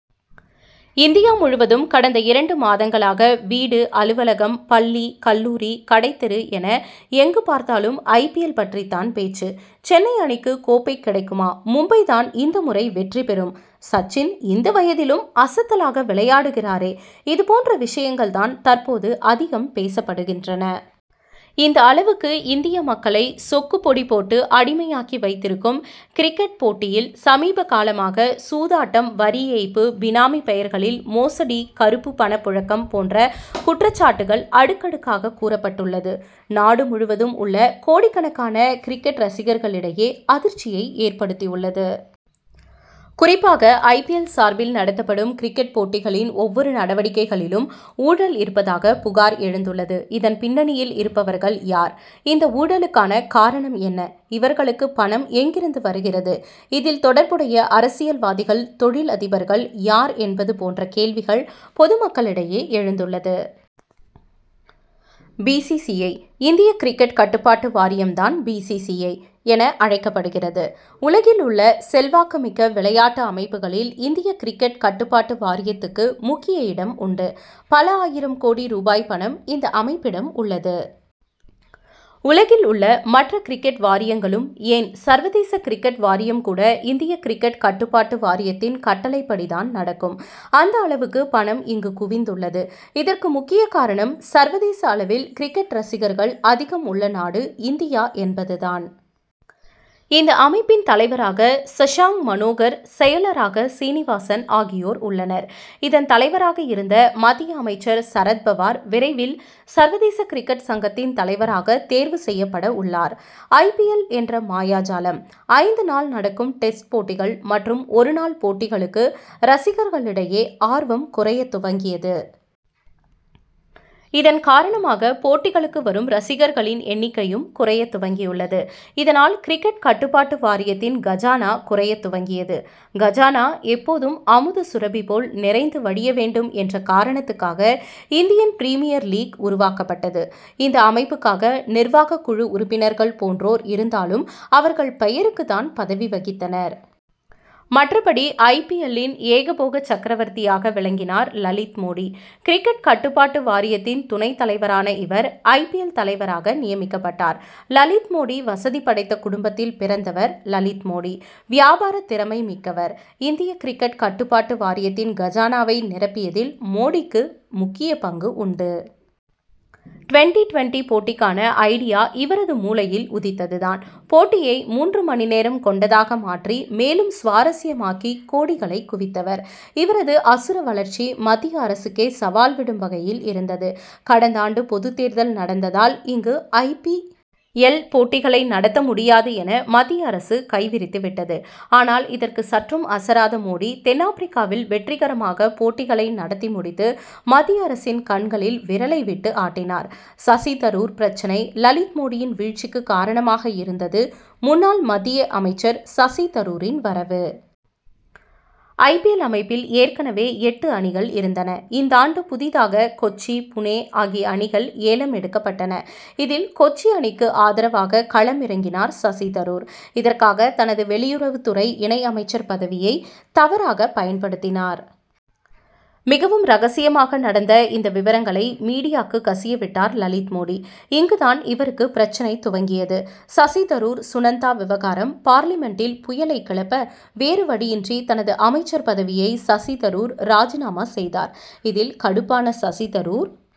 India முழுவதும் கடந்த இரண்டு மாதங்களாக வீடு அலுவலகம் பள்ளி கல்லூரி கடைத் தெரு என எங்கு பார்த்தாலும் ஐ. பி. எல். பற்றித் தான் பேச்சு. சென்னை அணிக்கு கோப்பை கிடைக்குமா மும்பை தான் இந்த முறை வெற்றி பெறும் சச்சின் இந்த வயதிலும் அசத்தலாக விளையாடுகிறாரே இதுபோன்ற விஷயங்கள் தான் தற்போது அதிகம் பேசப்படுகின்றன. இந்த அளவுக்கு இந்திய மக்களை சொக்கு பொடி போட்டு அடிமையாக்கி வைத்திருக்கும் கிரிக்கெட் போட்டியில் சமீபகாலமாக சூதாட்டம் வரி ஏய்ப்பு பினாமி பெயர்களில் மோசடி கருப்பு பண புழக்கம் போன்ற குற்றச்சாட்டுகள் அடுக்கடுக்காக கூறப்பட்டுள்ளது நாடு முழுவதும் உள்ள கோடிக்கணக்கான கிரிக்கெட் ரசிகர்களிடையே அதிர்ச்சியை ஏற்படுத்தியுள்ளது. குறிப்பாக ஐ. பி. எல். சார்பில் நடத்தப்படும் கிரிக்கெட் போட்டிகளின் ஒவ்வொரு நடவடிக்கைகளிலும் ஊழல் இருப்பதாக புகார் எழுந்துள்ளது. இதன் பின்னணியில் இருப்பவர்கள் யார்? இந்த ஊழலுக்கான காரணம் என்ன? இவர்களுக்கு பணம் எங்கிருந்து வருகிறது. இதில் தொடர்புடைய அரசியல்வாதிகள் தொழில் அதிபர்கள் யார் என்பது போன்ற கேள்விகள் பொதுமக்களிடையே எழுந்துள்ளது. பி. சி. சி. ஐ. இந்திய கிரிக்கெட் கட்டுப்பாட்டு வாரியம் தான் பி. சி. சி. ஐ. என அழைக்கப்படுகிறது. உலகில் உள்ள செல்வாக்கு மிக்க விளையாட்டு அமைப்புகளில் இந்திய கிரிக்கெட் கட்டுப்பாட்டு வாரியத்துக்கு முக்கிய இடம் உண்டு. பல ஆயிரம் கோடி ரூபாய் பணம், இந்த அமைப்பிடம் உள்ளது. உலகில் உள்ள மற்ற கிரிக்கெட் வாரியங்களும் ஏன் சர்வதேச கிரிக்கெட் வாரியம் கூட இந்திய கிரிக்கெட் கட்டுப்பாட்டு வாரியத்தின் கட்டளைப்படி தான் நடக்கும். அந்த அளவுக்கு பணம் இங்கு குவிந்துள்ளது. இதற்கு முக்கிய காரணம் சர்வதேச அளவில் கிரிக்கெட் ரசிகர்கள் அதிகம் உள்ள நாடு இந்தியா என்பது தான். இந்த அமைப்பின் தலைவராக சஷாங் மனோகர் செயலராக சீனிவாசன் ஆகியோர் உள்ளனர். இதன் தலைவராக இருந்த மத்திய அமைச்சர் சரத் பவார் விரைவில் சர்வதேச கிரிக்கெட் சங்கத்தின் தலைவராக தேர்வு செய்யப்படவுள்ளார். ஐ. பி. எல். என்ற மாயாஜாலம்: ஐந்து நாள் நடக்கும் டெஸ்ட் போட்டிகள் மற்றும் ஒரு நாள் போட்டிகளுக்கு ரசிகர்களிடையே ஆர்வம் குறையத் துவங்கியது. இதன்காரணமாக போட்டிகளுக்கு வரும் ரசிகர்களின் எண்ணிக்கையும் குறையத் துவங்கியுள்ளது. இதனால் கிரிக்கெட் கட்டுப்பாட்டு வாரியத்தின் கஜானா குறையத் துவங்கியது. கஜானா எப்போதும் அமுத சுரபி போல் நிறைந்து வழிய வேண்டும் என்ற காரணத்துக்காக இந்தியன் பிரிமியர் லீக் உருவாக்கப்பட்டது. இந்த அமைப்புக்காக நிர்வாக குழு உறுப்பினர்கள் போன்றோர் இருந்தாலும், அவர்கள் பெயருக்கு தான் பதவி வகித்தனர். மற்றபடி, ஐ. பி. எல்.லின் ஏகபோக சக்கரவர்த்தியாக விளங்கினார் லலித் மோடி. கிரிக்கெட் கட்டுப்பாட்டு வாரியத்தின் துணை தலைவரான இவர் ஐ. பி. எல். தலைவராக நியமிக்கப்பட்டார். லலித் மோடி வசதி படைத்த குடும்பத்தில் பிறந்தவர் லலித் மோடி. வியாபார திறமை மிக்கவர். இந்திய கிரிக்கெட் கட்டுப்பாட்டு வாரியத்தின் கஜானாவை நிரப்பியதில் மோடிக்கு முக்கிய பங்கு உண்டு. டுவென்டி-டுவென்டி போட்டிக்கான ஐடியா இவரது மூளையில் உதித்தது தான். போட்டியை மூன்று மணி நேரம் கொண்டதாக மாற்றி மேலும் சுவாரசியமாக்கி கோடிகளை குவித்தவர். இவரது அசுர வளர்ச்சி மத்திய அரசுக்கே சவால் விடும் வகையில் இருந்தது. கடந்தாண்டு பொதுத் தேர்தல் நடந்ததால் இங்கு ஐ. பி. எல். போட்டிகளை நடத்த முடியாது என மத்திய அரசு கை விரித்து விட்டது. ஆனால் இதற்கு சற்றும் அசராத மோடி தென் ஆப்பிரிக்காவில் வெற்றிகரமாக போட்டிகளை நடத்தி முடித்து மத்திய அரசின் கண்களில் விரலை விட்டு ஆட்டினார். சசி தரூர் பிரச்னை லலித் மோடியின் வீழ்ச்சிக்கு காரணமாக இருந்தது முன்னாள் மத்திய அமைச்சர் சசி தரூரின் வரவு. ஐ. பி. எல். அமைப்பில் ஏற்கனவே எட்டு அணிகள் இருந்தன. இந்தாண்டு புதிதாக கொச்சி புனே ஆகிய அணிகள் ஏலம் எடுக்கப்பட்டன. இதில் கொச்சி அணிக்கு ஆதரவாக களம் இறங்கினார் சசி தரூர். இதற்காக, தனது வெளியுறவு துறை இணை அமைச்சர் பதவியை தவறாக பயன்படுத்தினார். மிகவும் ரகசியமாக நடந்த இந்த விவரங்களை மீடியாக்கு கசியவிட்டார் லலித் மோடி. இங்கு தான் இவருக்கு பிரச்னை துவங்கியது. சசி தரூர்-சுனந்தா விவகாரம் பார்லிமென்டில் புயலை கிளப்ப வேறு வழியின்றி தனது அமைச்சர் பதவியை சசி தரூர் ராஜினாமா செய்தார். இதில் கடுப்பான சசி தரூர்